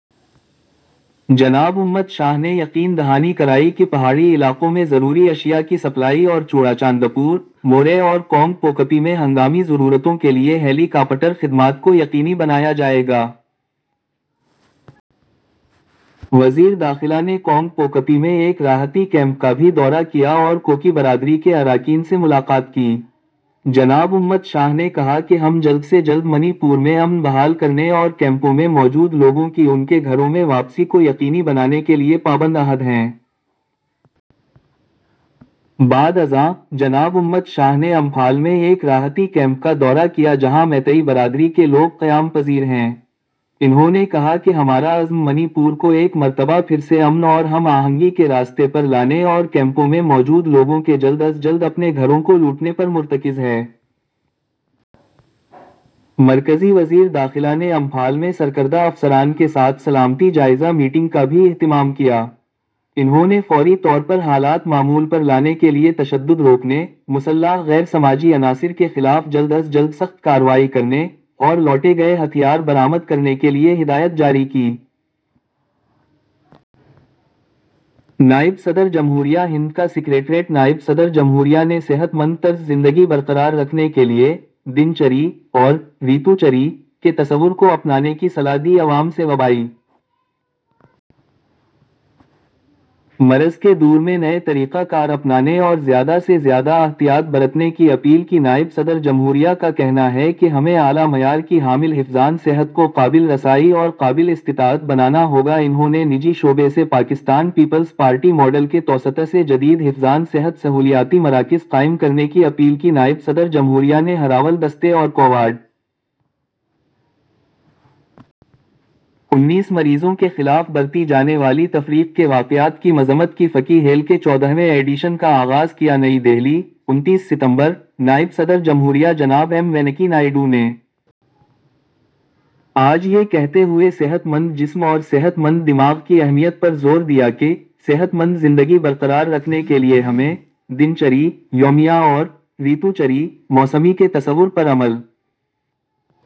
جناب امت شاہ نے یقین دہانی کرائی کہ پہاڑی علاقوں میں ضروری اشیاء کی سپلائی اور چوڑاچاندپور، موریھ اور کانگ پوکپی میں ہنگامی ضرورتوں کے لیے ہیلی کاپٹر خدمات کو یقینی بنایا جائے گا۔ وزیر داخلہ نے کانگ پوکپی میں ایک راحتی کیمپ کا بھی دورہ کیا اور کوکی برادری کے اراکین سے ملاقات کی۔ جناب امت شاہ نے کہا کہ ہم جلد سے جلد منی پور میں امن بحال کرنے اور کیمپوں میں موجود لوگوں کی ان کے گھروں میں واپسی کو یقینی بنانے کے لیے پابند عہد ہیں۔ بعد ازاں، جناب امت شاہ نے امپھال میں ایک راحتی کیمپ کا دورہ کیا جہاں میتئی برادری کے لوگ قیام پذیر ہیں۔ انہوں نے کہا کہ ہمارا عزم منی پور کو ایک مرتبہ پھر سے امن اور ہم آہنگی کے راستے پر لانے اور کیمپوں میں موجود لوگوں کے جلد از جلد اپنے گھروں کو لوٹنے پر مرتکز ہے۔ مرکزی وزیر داخلہ نے امپھال میں سرکردہ افسران کے ساتھ سلامتی جائزہ میٹنگ کا بھی اہتمام کیا۔ انہوں نے فوری طور پر حالات معمول پر لانے کے لیے تشدد روکنے، مسلح غیر سماجی عناصر کے خلاف جلد از جلد سخت کاروائی کرنے، اور لوٹے گئے ہتھیار برآمد کرنے کے لیے ہدایت جاری کی۔ نائب صدر جمہوریہ ہند کا سکریٹریٹ نائب صدر جمہوریہ نے صحت مند طرز زندگی برقرار رکھنے کے لئے ''دن چریہ'' اور ''ریتو چریہ'' کے تصور کو اپنانے کی صلاح دی عوام سے وبائی مرض کے دور میں نئے طریقۂ کار اپنانے اور زیادہ سے زیادہ احتیاط برتنے کی اپیل کی نائب صدر جمہوریہ کا کہنا ہے کہ ہمیں اعلیٰ معیار کی حامل حفظان صحت کو قابل رسائی اور قابل استطاعت بنانا ہوگا انہوں نے نجی شعبے سے پی پی پی ماڈل کے توسط سے جدید حفظانِ صحت سہولیاتی مراکز قائم کرنے کی اپیل کی نائب صدر جمہوریہ نے ہراول دستے اور کووِڈ۔ انیس مریضوں کے خلاف برتی جانے والی تفریق کے واقعات کی مزمت کی فکی ہیل کے چودہویں ایڈیشن کا آغاز کیا نئی دہلی، انتیس ستمبر: نائب صدر جمہوریہ جناب ایم وینکیا نائیڈو نے آج یہ کہتے ہوئے صحت مند جسم اور صحت مند دماغ کی اہمیت پر زور دیا کہ ''صحت مند زندگی برقرار رکھنے کے لئے ہمیں ''دن چریہ'' – یومیہ اور ''ریتو چریہ''- موسمی کے تصور پر عمل